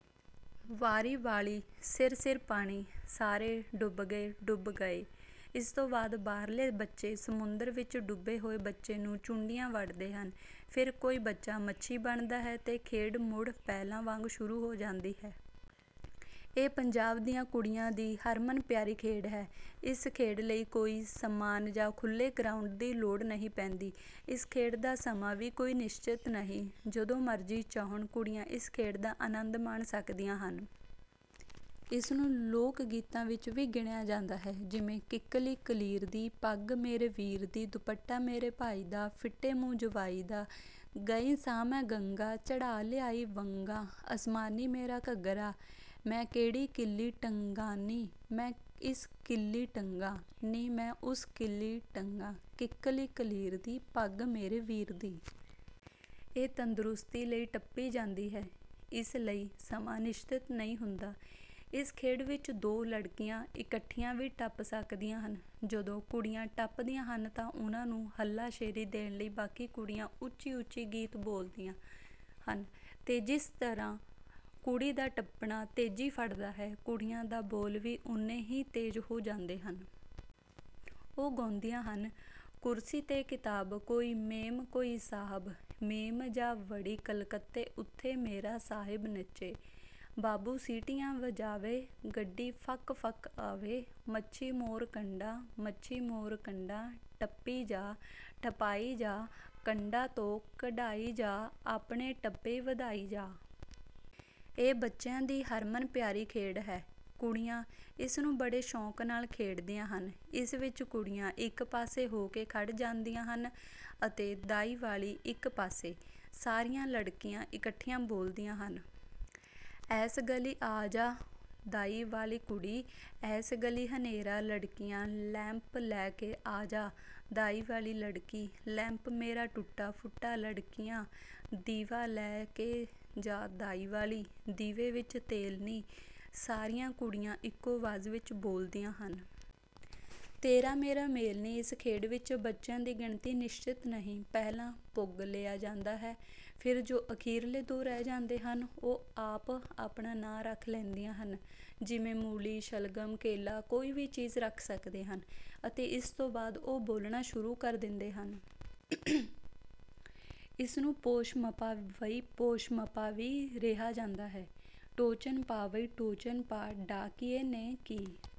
ਵਾਰੀ ਵਾਲ਼ੀ: ਸਿਰ ਸਿਰ ਪਾਣੀ। ਸਾਰੇ: ਡੁੱਬ ਗਏ! ਡੁੱਬ ਗਏ। ਇਸ ਤੋਂ ਬਾਅਦ ਬਾਹਰਲੇ ਬੱਚੇ ਸਮੁੰਦਰ ਵਿੱਚ ਡੁੱਬੇ ਹੋਏ ਬੱਚੇ ਨੂੰ ਚੂੰਡੀਆਂ ਵੱਢਦੇ ਹਨ। ਫਿਰ ਕੋਈ ਬੱਚਾ ਮੱਛੀ ਬਣਦਾ ਹੈ ਅਤੇ ਖੇਡ ਮੁੜ ਪਹਿਲਾਂ ਵਾਂਗ ਸ਼ੁਰੂ ਹੋ ਜਾਂਦੀ ਹੈ। ਇਹ ਪੰਜਾਬ ਦੀਆਂ ਕੁੜੀਆਂ ਦੀ ਹਰਮਨ ਪਿਆਰੀ ਖੇਡ ਹੈ। ਇਸ ਖੇਡ ਲਈ ਕੋਈ ਸਮਾਨ ਜਾਂ ਖੁੱਲ੍ਹੇ ਗਰਾਉਂਡ ਦੀ ਲੋੜ ਨਹੀਂ ਪੈਂਦੀ। ਇਸ ਖੇਡ ਦਾ ਸਮਾਂ ਵੀ ਕੋਈ ਨਿਸ਼ਚਿਤ ਨਹੀਂ ਜਦੋਂ ਮਰਜ਼ੀ ਚਾਹੁਣ ਕੁੜੀਆਂ ਇਸ ਖੇਡ ਦਾ ਅਨੰਦ ਮਾਣ ਸਕਦੀਆਂ ਹਨ। ਇਸ ਨੂੰ ਲੋਕ-ਗੀਤਾਂ ਵਿੱਚ ਵੀ ਗਿਣਿਆ ਜਾਂਦਾ ਹੈ ਜਿਵੇਂ: ਕਿੱਕਲੀ ਕਲੀਰ ਦੀ, ਪੱਗ ਮੇਰੇ ਵੀਰ ਦੀ ਦੁਪੱਟਾ ਮੇਰੇ ਭਾਈ ਦਾ, ਫਿੱਟੇ ਮੂੰਹ ਜਵਾਈ ਦਾ ਗਈ ਸਾਂ ਮੈਂ ਗੰਗਾ ਚੜ੍ਹਾ ਲਿਆਈ ਵੰਗਾਂ ਅਸਮਾਨੀ ਮੇਰਾ ਘੱਗਰਾ, ਮੈਂ ਕਿਹੜੀ ਕਿੱਲੀ ਟੰਗਾਂਨੀ ਮੈਂ ਇਸ ਕਿੱਲੀ ਟੰਗਾਂ, ਨੀ ਮੈਂ ਉਸ ਕਿੱਲੀ ਟੰਗਾਂ ਕਿੱਕਲੀ ਕਲੀਰ ਦੀ ਪੱਗ ਮੇਰੇ ਵੀਰ ਦੀ। ਇਹ ਤੰਦਰੁਸਤੀ ਲਈ ਟੱਪੀ ਜਾਂਦੀ ਹੈ। ਇਸ ਲਈ ਸਮਾਂ ਨਿਸ਼ਚਿਤ ਨਹੀਂ ਹੁੰਦਾ। ਇਸ ਖੇਡ ਵਿੱਚ ਦੋ ਲੜਕੀਆਂ ਇਕੱਠੀਆਂ ਵੀ ਟੱਪ ਸਕਦੀਆਂ ਹਨ। ਜਦੋਂ ਕੁੜੀਆਂ ਟੱਪਦੀਆਂ ਹਨ ਤਾਂ ਉਨ੍ਹਾਂ ਨੂੰ ਹਲਾਸ਼ੇਰੀ ਦੇਣ ਲਈ ਬਾਕੀ ਕੁੜੀਆਂ ਉੱਚੀ ਉੱਚੀ ਗੀਤ ਬੋਲਦੀਆਂ ਹਨ ਤੇ ਜਿਸ ਤਰ੍ਹਾਂ ਕੁੜੀ ਦਾ ਟੱਪਣਾ ਤੇਜ਼ੀ ਫੜਦਾ ਹੈ, ਕੁੜੀਆਂ ਦਾ ਬੋਲ ਵੀ ਓਨ੍ਹੇ ਹੀ ਤੇਜ਼ ਹੋ ਜਾਂਦੇ ਹਨ। ਉਹ ਗਾਉਂਦੀਆਂ ਹਨ: ਕੁਰਸੀ ਤੇ ਕਿਤਾਬ ਕੋਈ ਮੇਮ ਕੋਈ ਸਾਹਬ, ਮੇਮ ਜਾ ਵੜੀ ਕਲਕੱਤੇ ਉੱਥੇ ਮੇਰਾ ਸਾਹਬ ਨੱਚੇ, ਬਾਬੂ ਸੀਟੀਆਂ ਵਜਾਵੇ ਗੱਡੀ ਫੱਕ ਫੱਕ ਆਵੇ, ਮੱਛੀ ਮੋਰ ਕੰਡਾ, ਮੱਛੀ ਮੋਰ ਕੰਡਾ ਟੱਪੀ ਜਾ, ਟਪਾਈ ਜਾ ਕੰਡਾ ਤੋਂ ਕਢਾਈ ਜਾ, ਆਪਣੇ ਟੱਪੇ ਵਧਾਈ ਜਾ। ਇਹ ਬੱਚਿਆਂ ਦੀ ਹਰਮਨ ਪਿਆਰੀ ਖੇਡ ਹੈ। ਕੁੜੀਆਂ ਇਸ ਨੂੰ ਬੜੇ ਸ਼ੌਕ ਨਾਲ ਖੇਡਦੀਆਂ ਹਨ। ਇਸ ਵਿੱਚ ਕੁੜੀਆਂ ਇੱਕ ਪਾਸੇ ਹੋ ਕੇ ਖੜ ਜਾਂਦੀਆਂ ਹਨ ਅਤੇ ਦਾਈ ਵਾਲੀ ਇੱਕ ਪਾਸੇ। ਸਾਰੀਆਂ ਲੜਕੀਆਂ ਇਕੱਠੀਆਂ ਬੋਲਦੀਆਂ ਹਨ। ਐਸ ਗਲੀ ਆ ਜਾ ਦਾਈ ਵਾਲੀ ਕੁੜੀ, ਏਸ ਗਲੀ ਹਨੇਰਾ ਲੜਕੀਆਂ, ਲੈਂਪ ਲੈ ਕੇ ਆਜਾ ਦਾਈ ਵਾਲੀ ਲੜਕੀ, ਲੈਂਪ ਮੇਰਾ ਟੁੱਟਾ ਫੁੱਟਾ ਲੜਕੀਆਂ, ਦੀਵਾ ਲੈ ਕੇ ਜਾ ਦਾਈ ਵਾਲੀ, ਦੀਵੇ ਵਿੱਚ ਤੇਲ ਨੀ ਸਾਰੀਆਂ ਕੁੜੀਆਂ ਇੱਕੋ ਆਵਾਜ਼ ਵਿੱਚ ਬੋਲਦੀਆਂ ਹਨ। ਤੇਰਾ ਮੇਰਾ ਮੇਲ ਨੀ। ਇਸ ਖੇਡ ਵਿੱਚ ਬੱਚਿਆਂ ਦੀ ਗਿਣਤੀ ਨਿਸਚਿਤ ਨਹੀਂ, ਪਹਿਲਾਂ ਪੁੱਗ ਲਿਆ ਜਾਂਦਾ ਹੈ ਫਿਰ ਜੋ ਅਖੀਰਲੇ ਦੋ ਰਹਿ ਜਾਂਦੇ ਹਨ ਉਹ ਆਪ ਆਪਣਾ ਨਾ ਰੱਖ ਲੈਂਦੀਆਂ ਹਨ ਜਿਵੇਂ ਮੂਲ਼ੀ, ਸ਼ਲਗਮ, ਕੇਲਾ ਕੋਈ ਵੀ ਚੀਜ਼ ਰੱਖ ਸਕਦੇ ਹਨ ਅਤੇ ਇਸ ਤੋਂ ਬਾਅਦ ਉਹ ਬੋਲਣਾ ਸ਼ੁਰੂ ਕਰ ਦਿੰਦੇ ਹਨ। ਇਸਨੂੰ ਪੋਸ਼ਮਪਾ ਵਈ ਪੋਸ਼ਮਪਾ ਵੀ ਰਿਹਾ ਜਾਂਦਾ ਹੈ। ਟੋਚਨ ਪਾ ਵਈ ਟੋਚਨ ਪਾ ਡਾਕੀਏ ਨੇ ਕੀ